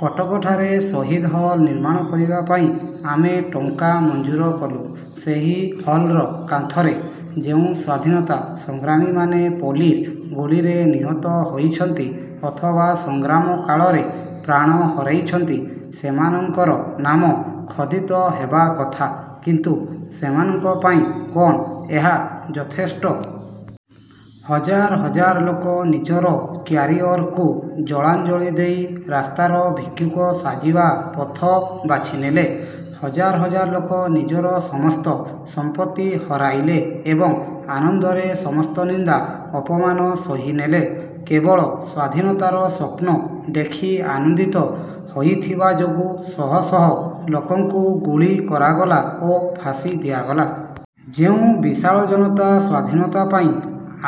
କଟକଠାରେ ଶହୀଦ ହଲ୍ ନିର୍ମାଣ କରିବା ପାଇଁ ଆମେ ଟଙ୍କା ମଞ୍ଜୁର କଲୁ। ସେହି ହଲ୍ର କାନ୍ଥରେ ଯେଉଁ ସ୍ୱାଧୀନତା ସଂଗ୍ରାମୀମାନେ ପୋଲିସ ଗୁଳିରେ ନିହତ ହୋଇଛନ୍ତି; ଅଥବା ସଂଗ୍ରାମ କାଳରେ ପ୍ରାଣ ହରାଇଛନ୍ତି, ସେମାନଙ୍କର ନାମ ଖୋଦିତ ହେବା କଥା; କିନ୍ତୁ ସେମାନଙ୍କ ପାଇଁ କ'ଣ ଏହା ଯଥେଷ୍ଟ? ହଜାର ହଜାର ଲୋକ ନିଜର 'କ୍ୟାରିଅର'କୁ ଜଳାଞ୍ଜଳି ଦେଇ ରାସ୍ତାର ଭିକ୍ଷୁକ ସାଜିବା ପଥ ବାଛିନେଲେ। ହଜାର ହଜାର ଲୋକ ନିଜର ସମସ୍ତ ସମ୍ପତ୍ତି ହରାଇଲେ ଏବଂ ଆନନ୍ଦରେ ସମସ୍ତ ନିନ୍ଦା ଅପମାନ ସହି ନେଲେ। କେବଳ ସ୍ୱାଧୀନତାର ସ୍ୱପ୍ନ ଦେଖି ଆନନ୍ଦିତ ହୋଇଥିବା ଯୋଗୁଁ ଶହ ଶହ ଲୋକଙ୍କୁ ଗୁଳି କରାଗଲା ଓ ଫାଶୀ ଦିଆଗଲା। ଯେଉଁ ବିଶାଳ ଜନତା ସ୍ୱାଧୀନତା ପାଇଁ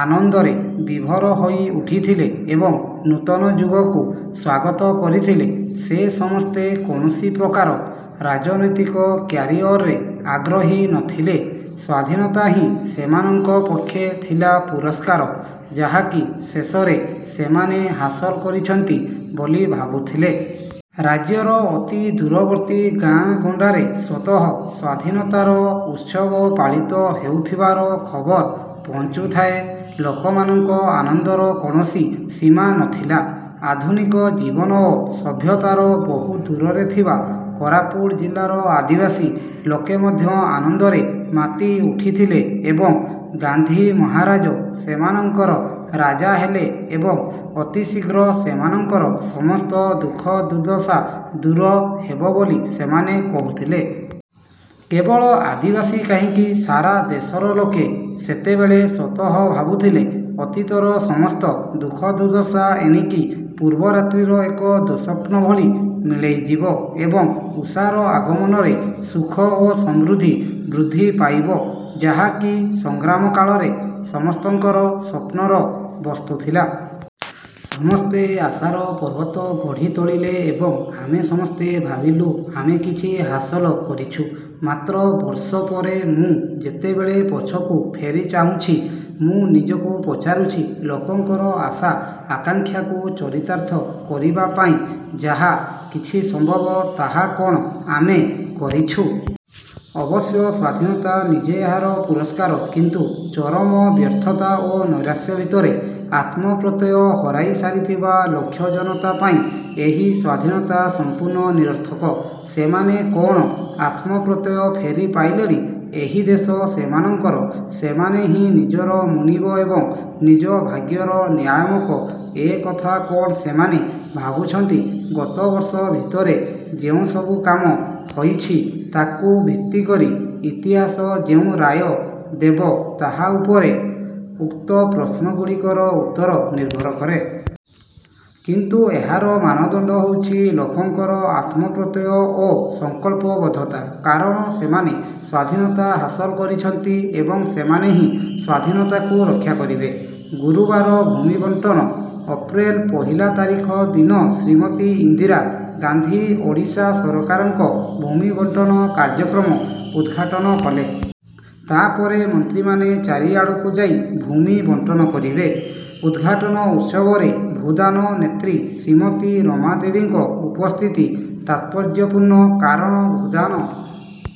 ଆନନ୍ଦରେ ବିଭୋର ହୋଇ ଉଠିଥିଲେ ଏବଂ ନୂତନ ଯୁଗକୁ ସ୍ୱାଗତ କରିଥିଲେ, ସେ ସମସ୍ତେ କୌଣସି ପ୍ରକାର ରାଜନୈତିକ କ୍ୟାରିଅରରେ ଆଗ୍ରହୀ ନଥିଲେ। ସ୍ୱାଧୀନତା ହିଁ ସେମାନଙ୍କ ପକ୍ଷେ ଥିଲା ପୁରସ୍କାର ଯାହାକି ଶେଷରେ ସେମାନେ ହାସଲ କରିଛନ୍ତି ବୋଲି ଭାବୁଥିଲେ। ରାଜ୍ୟର ଅତି ଦୂରବର୍ତ୍ତୀ ଗାଁ ଗଣ୍ଡାରେ ସ୍ୱତଃ ସ୍ୱାଧୀନତାର ଉତ୍ସବ ପାଳିତ ହେଉଥିବାର ଖବର ପହଞ୍ଚୁଥାଏ। ଲୋକମାନଙ୍କ ଆନନ୍ଦର କୌଣସି ସୀମା ନଥିଲା। ଆଧୁନିକ ଜୀବନ ଓ ସଭ୍ୟତାର ବହୁ ଦୂରରେ ଥିବା କୋରାପୁଟ ଜିଲ୍ଲାର ଆଦିବାସୀ ଲୋକେ ମଧ୍ୟ ଆନନ୍ଦରେ ମାତି ଉଠିଥିଲେ ଏବଂ ଗାନ୍ଧି ମହାରାଜ ସେମାନଙ୍କର ରାଜା ହେଲେ ଏବଂ ଅତି ଶୀଘ୍ର ସେମାନଙ୍କର ସମସ୍ତ ଦୁଃଖ ଦୁର୍ଦ୍ଦଶା ଦୂର ହେବ ବୋଲି ସେମାନେ କହୁଥିଲେ। କେବଳ ଆଦିବାସୀ କାହିଁକି ସାରା ଦେଶର ଲୋକେ ସେତେବେଳେ ସ୍ୱତଃ ଭାବୁଥିଲେ, ଅତୀତର ମସସ୍ତ ଦୁଃଖ ଦୁର୍ଦ୍ଦଶା ଏଣିକି ପୂର୍ବରାତ୍ରିର ଏକ ଦୁଃସ୍ୱପ୍ନ ଭଳି ମିଳେଇଯିବ ଏବଂ ଉଷାର ଆଗମନରେ ସୁଖ ଓ ସମୃଦ୍ଧି ବୃଦ୍ଧି ପାଇବ ଯାହା କି ସଂଗ୍ରାମ କାଳରେ ସମସ୍ତଙ୍କର ସ୍ୱପ୍ନର ବସ୍ତୁ ଥିଲା। ସମସ୍ତେ ଆଶାର ପର୍ବତ ଗଢ଼ି ତୋଳିଲେ ଏବଂ ଆମେ ସମସ୍ତେ ଭାବିଲୁ ଆମେ କିଛି ହାସଲ କରିଛୁ। ମାତ୍ର ବର୍ଷ ପରେ ମୁଁ ଯେତେବେଳେ ପଛକୁ ଫେରି ଚାହୁଁଛି, ମୁଁ ନିଜକୁ ପଚାରୁଛି, ଲୋକଙ୍କର ଆଶା ଆକାଙ୍କ୍ଷାକୁ ଚରିତାର୍ଥ କରିବା ପାଇଁ ଯାହା କିଛି ସମ୍ଭବ ତାହା କ'ଣ ଆମେ କରିଛୁ? ଅବଶ୍ୟ ସ୍ୱାଧୀନତା ନିଜେ ଏହାର ପୁରସ୍କାର; କିନ୍ତୁ ଚରମ ବ୍ୟର୍ଥତା ଓ ନୈରାଶ୍ୟ ଭିତରେ ଆତ୍ମପ୍ରତ୍ୟୟ ହରାଇ ସାରିଥିବା ଲକ୍ଷ ଜନତା ପାଇଁ ଏହି ସ୍ୱାଧୀନତା ସମ୍ପୂର୍ଣ୍ଣ ନିରର୍ଥକ। ସେମାନେ କଣ ଆତ୍ମପ୍ରତ୍ୟୟ ଫେରି ପାଇଲେଣି। ଏହି ଦେଶ ସେମାନଙ୍କର- ସେମାନେ ହିଁ ନିଜର ମୁନିବ ଏବଂ ନିଜ ଭାଗ୍ୟର ନିୟାମକ ଏକଥା କଣ ସେମାନେ ଭାବୁଛନ୍ତି ଗତ ବର୍ଷ ଭିତରେ ଯେଉଁ ସବୁ କାମ ହୋଇଛି ତାକୁ ଭିତ୍ତି କରି ଇତିହାସ ଯେଉଁ ରାୟ ଦେବ ତାହା ଉପରେ ଉକ୍ତ ପ୍ରଶ୍ନ ଗୁଡ଼ିକର ଉତ୍ତର ନିର୍ଭର କରେ। କିନ୍ତୁ ଏହାର ମାନଦଣ୍ଡ ହେଉଛି ଲୋକଙ୍କର ଆତ୍ମପ୍ରତ୍ୟୟ ଓ ସଂକଳ୍ପବଦ୍ଧତା, କାରଣ ସେମାନେ ସ୍ୱାଧୀନତା ହାସଲ କରିଛନ୍ତି ଏବଂ ସେମାନେ ହିଁ ସ୍ୱାଧୀନତାକୁ ରକ୍ଷାକରିବେ। ଗୁରୁବାର ଭୂମି ବଣ୍ଟନ ଅପ୍ରେଲ ପହିଲା ତାରିଖ ଦିନ ଶ୍ରୀମତୀ ଇନ୍ଦିରା ଗାନ୍ଧୀ ଓଡ଼ିଶା ସରକାରଙ୍କ ଭୂମି ବଣ୍ଟନ କାର୍ଯ୍ୟକ୍ରମ ଉଦ୍ଘାଟନ କଲେ। ତା'ପରେ ମନ୍ତ୍ରୀମାନେ ଚାରିଆଡ଼କୁ ଯାଇ ଭୂମି ବଣ୍ଟନ କରିବେ। ଉଦ୍ଘାଟନ ଉତ୍ସବରେ ଭୂଦାନ ନେତ୍ରୀ ଶ୍ରୀମତୀ ରମା ଦେବୀଙ୍କ ଉପସ୍ଥିତି ତାତ୍ପର୍ଯ୍ୟପୂର୍ଣ୍ଣ। କାରଣ ଭୂଦାନ